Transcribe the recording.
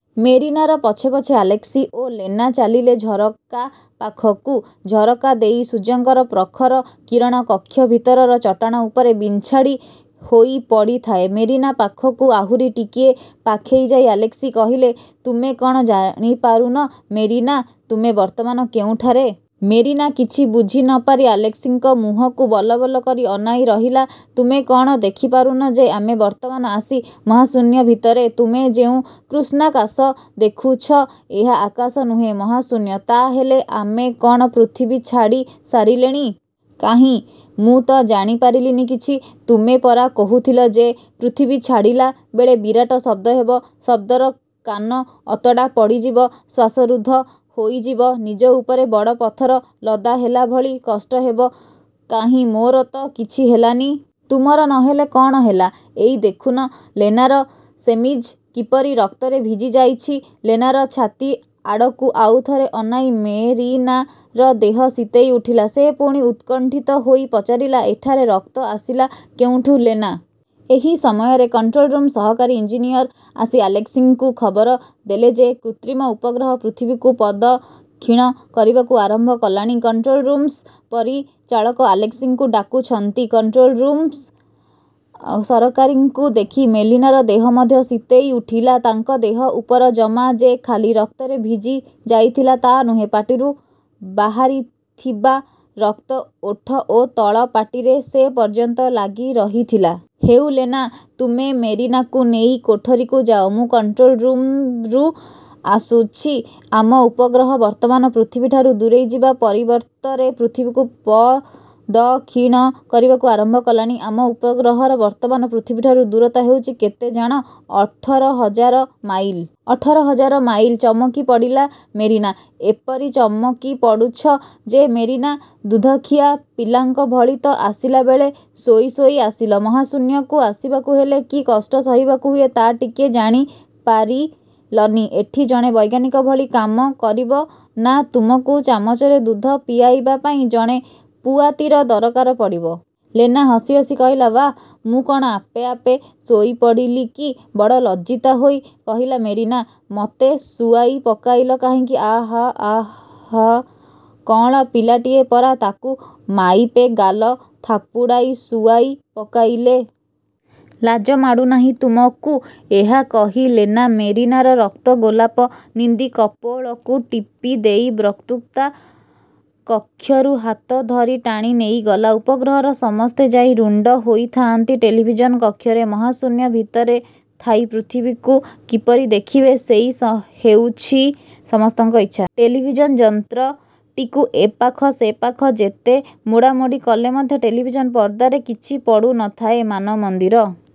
'' ମେରିନାର ପଛେ ପଛେ ଆଲେସ୍କି ଓ ଲେନା ଚାଲିଲେ ଝରକା ପାଖକୁ। ଝରକା ଦେଇ ସୂର୍ଯ୍ୟଙ୍କର ପ୍ରଖର କିରଣ କକ୍ଷ ଭିତରର ଚଟାଣ ଉପରେ ବିଞ୍ଛାଡ଼ି ହୋଇ ପଡ଼ିଥାଏ। ମେରିନା ପାଖକୁ ଆହୁରି ଟିକିଏ ପାଖେଇ ଯାଇ ଆଲେସ୍କି କହିଲେ, ''ତୁମେ କ'ଣ ଜାଣିପାରୁନ ମେରିନା ତୁମେ ବର୍ତ୍ତମାନ କେଉଁଠାରେ? '' ମେରିନା କିଛି ବୁଝି ନ ପାରି ଆଲେସ୍କିଙ୍କ ମୁହଁକୁ ବଲବଲ କରି ଅନାଇ ରହିଲା। ''ତୁମେ କ'ଣ ଦେଖିପାରୁନ ଯେ ଆମେ ବର୍ତ୍ତମାନ ଆସି ମହାଶୂନ୍ୟ ଭିତରେ। ତୁମେ ଯେଉଁ କୃଷ୍ଣାକାଶ ଦେଖୁଛ, ଏହା ଆକାଶ ନୁହେଁ, ମହାଶୂନ୍ୟ। '' ''ତା' ହେଲେ ଆମେ କ'ଣ ପୃଥିବୀ ଛାଡ଼ି ସାରିଲେଣି? କାହିଁ, ମୁଁ ତ ଜାଣିପାରିଲିନି କିଛି! ତୁମେ ପରା କହୁଥିଲ ଯେ, ପୃଥିବୀ ଛାଡ଼ିଲାବେଳେ ବିରାଟ ଶବ୍ଦ ହେବ, ଶବ୍ଦରେ କାନ ଅତଡ଼ା ପଡ଼ିଯିବ, ଶ୍ୱାସରୁଦ୍ଧ ହୋଇଯିବ, ନିଜ ଉପରେ ବଡ଼ ପଥର ଲଦା ହେଲାଭଳି କଷ୍ଟ ହେବ। କାହିଁ, ମୋର ତ କିଛି ହେଲାନି? '' ''ତୁମର ନ ହେଲେ କ'ଣ ହେଲା, ଏଇ ଦେଖୁନ ଲେନାର ସେମିଜ କିପରି ରକ୍ତରେ ଭିଜିଯାଇଛି। '' ଲେନାର ଛାତି ଆଡ଼କୁ ଆଉ ଥରେ ଅନାଇ ମେରିନାର ଦେହ ଶୀତେଇ ଉଠିଲା। ସେ ପୁଣି ଉତ୍କଣ୍ଠିତ ହୋଇ ପଚାରିଲା, ''ଏଠାରେ ରକ୍ତ ଆସିଲା କେଉଁଠୁ ଲେନା? '' ଏହି ସମୟରେ କଣ୍ଟ୍ରୋଲ ରୁମ୍ର ସହକାରୀ ଇଞ୍ଜିନିୟର ଆସି ଆଲେସ୍କିଙ୍କୁ ଖବର ଦେଲେ ଯେ କୃତ୍ରିମ ଉପଗ୍ରହ ପୃଥିବୀକୁ ପ୍ରଦକ୍ଷିଣ କରିବାକୁ ଆରମ୍ଭ କଲାଣି। କଣ୍ଟ୍ରୋଲ୍ରୁମ୍ର ପରିଚାଳକ ଆଲେସ୍କିଙ୍କୁ ଡାକୁଛନ୍ତି। କଣ୍ଟ୍ରୋଲ୍ରୁମ୍ର ସହକାରୀଙ୍କୁ ଦେଖି ମେରିନାର ଦେହ ମଧ୍ୟ ଶୀତେଇ ଉଠିଲା। ତାଙ୍କ ଦେହ ଉପର ଜମା ଯେ ଖାଲି ରକ୍ତରେ ଭିଜି ଯାଇଥିଲା ତା ନୁହେଁ, ପାଟିରୁ ବାହାରିଥିବା ରକ୍ତ, ଓଠ ଓ ତଳପାଟିରେ ସେପର୍ଯ୍ୟନ୍ତ ଲାଗିରହିଥିଲା। ''ହେଉ ଲେନା, ତୁମେ ମେରିନାକୁ ନେଇ କୋଠରିକୁ ଯାଅ, ମୁଁ କଣ୍ଟ୍ରୋଲ୍ ରୁମ୍ରୁ ଆସୁଛି। ଆମ ଉପଗ୍ରହ ବର୍ତ୍ତମାନ ପୃଥିବୀଠାରୁ ଦୂରେଇଯିବା ପରିବର୍ତ୍ତରେ ପୃଥିବୀକୁ ପ୍ରଦକ୍ଷିଣ କରିବାକୁ ଆରମ୍ଭ କଲାଣି। ଆମ ଉପଗ୍ରହର ବର୍ତ୍ତମାନ ପୃଥିବୀଠାରୁ ଦୂରତା ହେଉଛି କେତେ ଜାଣ-? ଅଠର ହଜାର ମାଇଲ? '' ''ଅଠର ହଜାର ମାଇଲ! '' ଚମକିପଡ଼ିଲା ମେରିନା। ''ଏପରି ଚମକିପଡ଼ୁଛ ଯେ ମେରିନା? ଦୁଧଖିଆ ପିଲାଙ୍କ ଭଳି ତ ଆସିଲାବେଳେ ଶୋଇ ଶୋଇ ଆସିଲ। ମହାଶୂନ୍ୟକୁ ଆସିବାକୁ ହେଲେ କି କଷ୍ଟ ସହିବାକୁ ହୁଏ ତା' ଟିକିଏ ଜାଣିପାରିଲନି। ଏଠି ଜଣେ ବୈଜ୍ଞାନିକ ଭଳି କାମ କରିବ ନା ତୁମକୁ ଚାମଚରେ ଦୁଧ ପିଆଇବା ପାଇଁ ଜଣେ ପୁଆତୀର ଦରକାର ପଡ଼ିବ? '' ଲେନା ହସି ହସି କହିଲା। ''ବାଃ ମୁଁ କ'ଣ ଆପେ ଆପେ ଶୋଇପଡ଼ିଲି କି? '' ବଡ଼ ଲଜ୍ଜିତା ହୋଇ କହିଲା ମେରିନା, 'ମୋତେ ଶୁଆଇ ପକାଇଲ କାହିଁକି? '' ''ଆଃ, ଆଃ, କଅଁଳ ପିଲାଟିଏ ପରା। ତା'କୁ ମାଇପେ ଗାଲ ଥାପୁଡ଼ାଇ ଶୁଆଇ ପକାଇଲେ। ଲାଜ ମାଡ଼ୁନାହିଁ ତୁମକୁ। '' ଏହା କହି ଲେନା ମେରିନାର ରକ୍ତଗୋଲାପନିନ୍ଦୀ କପୋଳକୁ ଟିପିଦେଇ ବକ୍ତୃତା କକ୍ଷରୁ ହାତଧରି ଟାଣି ନେଇଗଲା। ଉପଗ୍ରହର ସମସ୍ତେ ଯାଇ ରୁଣ୍ଡ ହୋଇଥାଆନ୍ତି ଟେଲିଭିଜନ୍ କକ୍ଷରେ। ମହାଶୂନ୍ୟ ଭିତରେ ଥାଇ ପୃଥିବୀକୁ କିପରି ଦେଖିବେ ସେଇ ହେଉଛି ସମସ୍ତଙ୍କ ଇଚ୍ଛା। ଟେଲିଭିଜନ୍ ଯନ୍ତ୍ରଟିକୁ ଏପାଖ ସେପାଖ ଯେତେ ମୋଡ଼ାମୋଡ଼ି କଲେ ମଧ୍ୟ ଟେଲିଭିଜନ୍ ପର୍ଦ୍ଦାରେ କିଛି ପଡ଼ୁ ନଥାଏ। ମାନମନ୍ଦିର